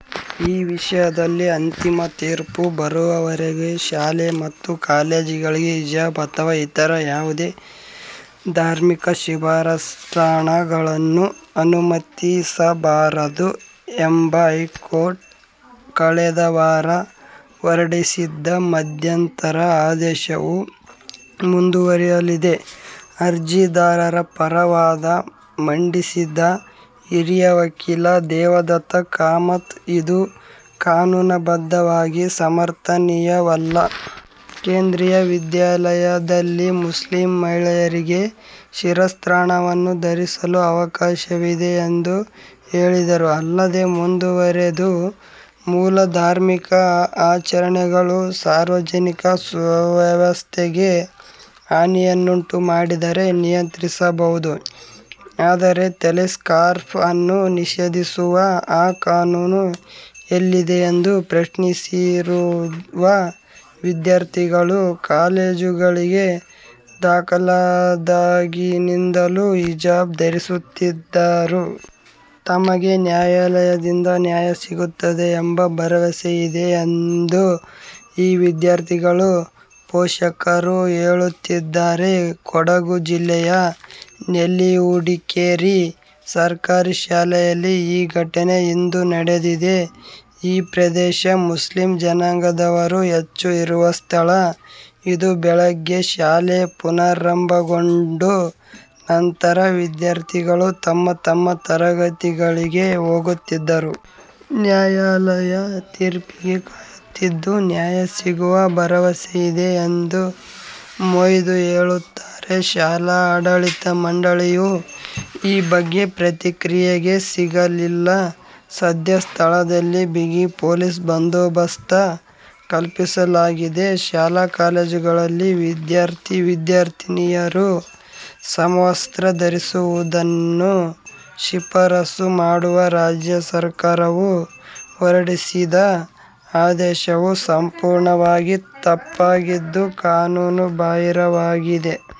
ಈ ವಿಷಯದಲ್ಲಿ ಅಂತಿಮ ತೀರ್ಪು ಬರುವವರೆಗೆ ಶಾಲೆ ಮತ್ತು ಕಾಲೇಜುಗಳಲ್ಲಿ ಹಿಜಾಬ್ ಅಥವಾ ಇತರ ಯಾವುದೇ ಧಾರ್ಮಿಕ ಶಿರಸ್ತ್ರಾಣಗಳನ್ನು ಅನುಮತಿಸಬಾರದು ಎಂಬ ಹೈಕೋರ್ಟ್ ಕಳೆದ ವಾರ ಹೊರಡಿಸಿದ್ದ ಮಧ್ಯಂತರ ಆದೇಶವು ಮುಂದುವರಿಯಲಿದೆ. ಅರ್ಜಿದಾರರ ಪರ ವಾದ ಮಂಡಿಸಿದ ಹಿರಿಯ ವಕೀಲ ದೇವದತ್ತ್ ಕಾಮತ್, ಇದು ಕಾನೂನುಬದ್ಧವಾಗಿ ಸಮರ್ಥನೀಯವಲ್ಲ. ಕೇಂದ್ರೀಯ ವಿದ್ಯಾಲಯದಲ್ಲಿ ಮುಸ್ಲಿಂ ಮಹಿಳೆಯರಿಗೆ ಶಿರಸ್ತ್ರಾಣವನ್ನು ಧರಿಸಲು ಅವಕಾಶವಿದೆ ಎಂದು ಹೇಳಿದರು. ಅಲ್ಲದೇ ಮುಂದುವರೆದು ಮೂಲ ಧಾರ್ಮಿಕ ಆಚರಣೆಗಳು ಸಾರ್ವಜನಿಕ ಸುವ್ಯವಸ್ಥೆಗೆ ಹಾನಿಯನ್ನುಂಟು ಮಾಡಿದರೆ ನಿಯಂತ್ರಿಸಬಹುದು. ಆದರೆ, "ತಲೆ ಸ್ಕಾರ್ಫ್ ಅನ್ನು ನಿಷೇಧಿಸುವ ಆ ಕಾನೂನು ಎಲ್ಲಿದೆ ಎಂದು ಪ್ರಶ್ನಿಸಿದರು. ವಿದ್ಯಾರ್ಥಿಗಳು ಕಾಲೇಜುಗಳಿಗೆ ದಾಖಲಾದಾಗಿನಿಂದಲೂ ಹಿಜಾಬ್ ಧರಿಸುತ್ತಿದ್ದರು. ತಮಗೆ ನ್ಯಾಯಾಲಯದಿಂದ ನ್ಯಾಯ ಸಿಗುತ್ತದೆ ಎಂಬ ಭರವಸೆಯಿದೆ ಎಂದು ಈ ವಿದ್ಯಾರ್ಥಿಗಳ ಪೋಷಕರು ಹೇಳುತ್ತಿದ್ದಾರೆ. ಕೊಡಗು ಜಿಲ್ಲೆಯ ನೆಲ್ಲಿಹುಡಿಕೇರಿ ಸರ್ಕಾರಿ ಶಾಲೆಯಲ್ಲಿ ಈ ಘಟನೆ ಇಂದು ನಡೆದಿದೆ. ಈ ಪ್ರದೇಶ ಮುಸ್ಲಿಂ ಜನಾಂಗದವರು ಹೆಚ್ಚು ಇರುವ ಸ್ಥಳ. ಇಂದು ಬೆಳಗ್ಗೆ ಶಾಲೆ ಪುನಾರಂಭಗೊಂಡ ನಂತರ ವಿದ್ಯಾರ್ಥಿಗಳು ತಮ್ಮ ತಮ್ಮ ತರಗತಿಗಳಿಗೆ ಹೋಗುತ್ತಿದ್ದರು. ನ್ಯಾಯಾಲಯ ತೀರ್ಪಿಗೆ ಕಾಯುತ್ತಿದ್ದು ನ್ಯಾಯ ಸಿಗುವ ಭರವಸೆಯಿದೆ ಎಂದು ಮೊಯ್ದು ಹೇಳುತ್ತಾರೆ. ಶಾಲಾ ಆಡಳಿತ ಮಂಡಳಿಯು ಈ ಬಗ್ಗೆ ಪ್ರತಿಕ್ರಿಯೆಗೆ ಸಿಗಲಿಲ್ಲ. ಸದ್ಯ ಸ್ಥಳದಲ್ಲಿ ಬಿಗಿ ಪೊಲೀಸ್ ಬಂದೋಬಸ್ತ್ ಕಲ್ಪಿಸಲಾಗಿದೆ. ಶಾಲಾ-ಕಾಲೇಜುಗಳಲ್ಲಿ ವಿದ್ಯಾರ್ಥಿ-ವಿದ್ಯಾರ್ಥಿನಿಯರು ಸಮವಸ್ತ್ರ ಧರಿಸುವುದನ್ನು ಶಿಫಾರಸು ಮಾಡುವ ರಾಜ್ಯ ಸರ್ಕಾರವು ಹೊರಡಿಸಿದ ಆದೇಶವು ಸಂಪೂರ್ಣವಾಗಿ ತಪ್ಪಾಗಿದ್ದು ಕಾನೂನುಬಾಹಿರವಾಗಿದೆ.